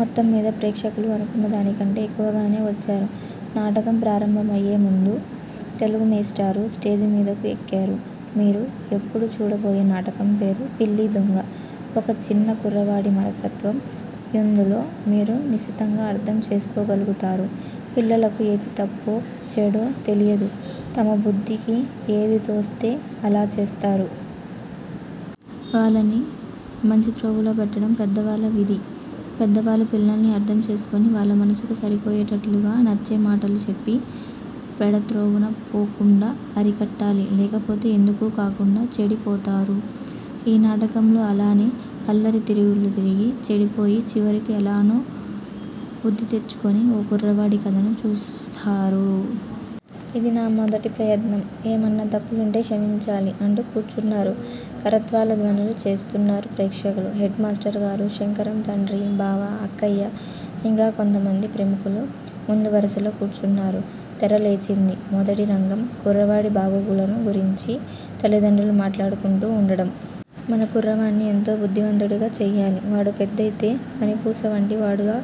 మొత్తంమీద ప్రేక్షకులు అనుకున్నదానికంటే ఎక్కువగానే వచ్చారు. నాటకం ప్రారంభమయ్యేముందు తెలుగుమేష్టారు స్టేజిమీదకు ఎక్కారు. మీరు యిప్పుడు చూడబోయే నాటకంపేరు పిల్లిదొంగ. ఒక చిన్న కుర్రవాడి మనస్తత్వం యిందులో మీరు నిశితంగా అర్ధం చేసుకోగల్గుతారు. పిల్లలకు ఏది తప్పో, చెడ్డో తెలియదు. తమబుద్దికి ఏది తోస్తే అలా చేస్తారు. వాళ్ళని మంచి త్రోవలో పెట్టటం పెద్దవాళ్ళ విధి. పెద్దవాళ్ళు పిల్లల్ని అర్ధం చేసుకొని వాళ్ళమనస్సుకు సరిపోయేటట్లు నచ్చేమాటలు చెప్పి పెడత్రోవను పోకుండా అరికట్టాలి. లేకపోతే ఎందుకూ కాకుండా చెడిపోతారు. ఈ నాటకంలో అలానే అల్లరి తిరుగుళ్ళు తిరిగి చెడిపోయి చివరికి ఎలానో బుద్దితెచ్చుకున్న ఒక కుర్రవాడి కథను చూస్తాహరు. ఇది నా మొదటి ప్రయత్నం ఏమైనా తప్పులుంటే క్షమించాలి అంటూ కూచున్నారు. కరతాళధ్వనులు చేశారు ప్రేక్షకులు. హెడ్ మాస్టర్ గారు, శంకరం తండ్రి, బావ, అక్కయ్య ఇంకా కొద్దిమంది ప్రముఖులు ముందువరుసలో కూర్చున్నారు తెర లేచింది. మొదటి రంగం: కుర్రవాడి బాగోగులను గురించి తల్లిదండ్రులు మాట్లాడుకుంటూ వుండటం. మన కుర్రవాన్ని ఎంతో బుద్దిమంతుడుగా చెయ్యాలి. వాడు పెద్దవుతే మణిపూసవంటివాడుగా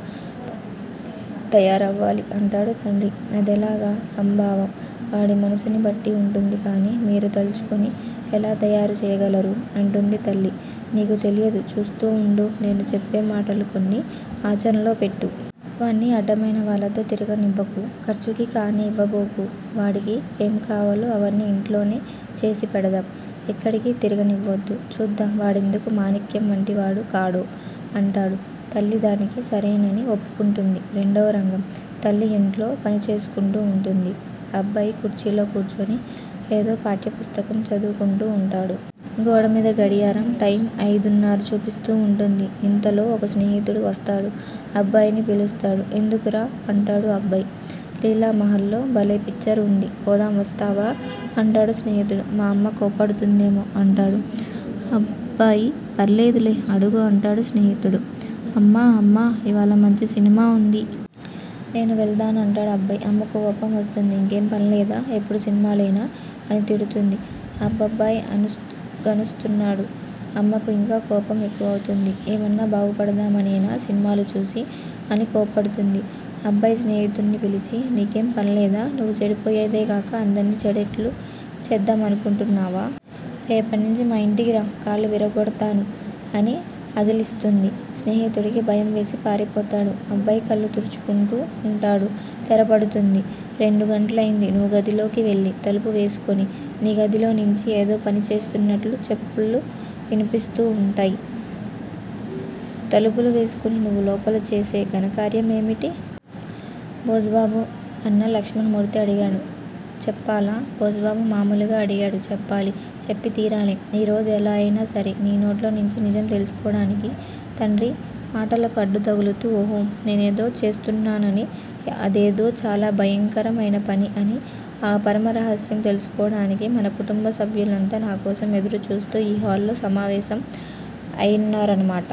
తయారవ్వాలి అంటాడు తండ్రి. అదెలాగ సంభవం? వాడి మనస్సుని బట్టి వుంటుంది కాని మీరు తలుచుకుని ఎలా తయారు చెయ్యగలరు? అంటుంది తల్లి. నీకు తెలీదు చూస్తూ వుండు. నేను చెప్పేమాటలు కొన్ని ఆచరణలోపెట్టు. వాడిని అడ్డమయినవాళ్ళతో తిరగనివ్వకు. ఖర్చుకి కాణీ యివ్వబోకు. వాడికి ఏంకావాలో అవన్నీ యింట్లోనే చేసిపెడదాం. ఎక్కడికీ తిరగనివ్వద్దు. చూద్దాం వాడెందుకు మాణిక్యం వంటివాడు కాడో! అంటాడు. తల్లి దానికి సరేనని ఒప్పుకుంటుంది. రెండో రంగం: తల్లి యింట్లో పనిచేసుకుంటూ వుంటుంది. అబ్బాయి కుర్చీలో కూర్చుని ఏదో పాఠ్యపుస్తకం చదువుకుంటూ వుంటాడు. గోడమీది గడియారం టైం అయిదున్నర చూపిస్తూ వుంటుంది. ఇంతలో ఒక స్నేహితుడు వస్తాడు. అబ్బాయిని పిలుస్తాడు. ఎందుకురా? అంటాడు అబ్బాయి. లీలామహల్లో బలే పిక్చర్ వుంది పోదాం వస్తావా? అంటాడు స్నేహితుడు. మా అమ్మ కోప్పడుతుందేమో అంటాడు. అబ్బాయి ఫర్వాలేదులే అడుగు అంటాడు స్నేహితుడు అమ్మా అమ్మా ఇవాళ మంచి సినిమా వుంది. నేను వెళ్తానే అంటాడు అబ్బాయి. అమ్మకు కోపం వస్తుంది. ఇంకేం పన్లేదా? ఎప్పుడూ సినిమాలేనా? అని తిడుతుంది. అబబాయి గునుస్తాడు. అమ్మకు యింకా కోపం ఎక్కువవుతుంది. ఏమన్నా బాగుపడదామనేనా సినిమాలు చూసి? అని కోప్పడుతుంది. అబ్బాయి స్నేహితున్ని పిలిచి నీకేం పనిలేదూ? నువ్వు చెడిపోయేది కాక అందర్నీ చెడేట్లు చేద్దామనుకుంటున్నావా? రేపటినుంచి మా యింటికిరా, కాళ్ళు విరగ్గొడతాను అని అదిలిస్తుంది. స్నేహితుడికి భయంవేసి పారిపోతాడు. అబ్బాయి కళ్ళు తుడుచుకుంటూ వుంటాడు. తెర పడుతుంది. రెండు గంటలయ్యింది నువ్వు గదిలోకి వెళ్ళి తలుపు వేసుకుని. నీ గదిలోంచి ఏదో పని చేస్తున్నట్లు చప్పుళ్లు వినవస్తూ వుంటాయి. తలుపులు వేసుకుని నువ్వు లోపల చేసే ఘనకార్యం ఏమిటి? బోసుబాబు అన్న లక్ష్మణమూర్తి అడిగాడు. చెప్పాలా? బోసుబాబు మామూలుగా అడిగాడు. చెప్పాలి! చెప్పి తీరాలి. ఈరోజు ఎలా అయినా సరే నీ నోట్లోంచి నిజం తెలుసుకోటానికి తండ్రి మాటలకు అడ్డుతగులుతూ ఓహో! నేనేదో చేస్తున్నానని అదేదో చాలా భయంకరమైన పని అని ఆ పరమరహస్యం తెలుసుకోటానికి మన కుటుంబ సభ్యులంతా నాకోసం ఎదురు చూస్తూ ఈ హాల్ లో సమావేశం అయ్యారన్నమాట!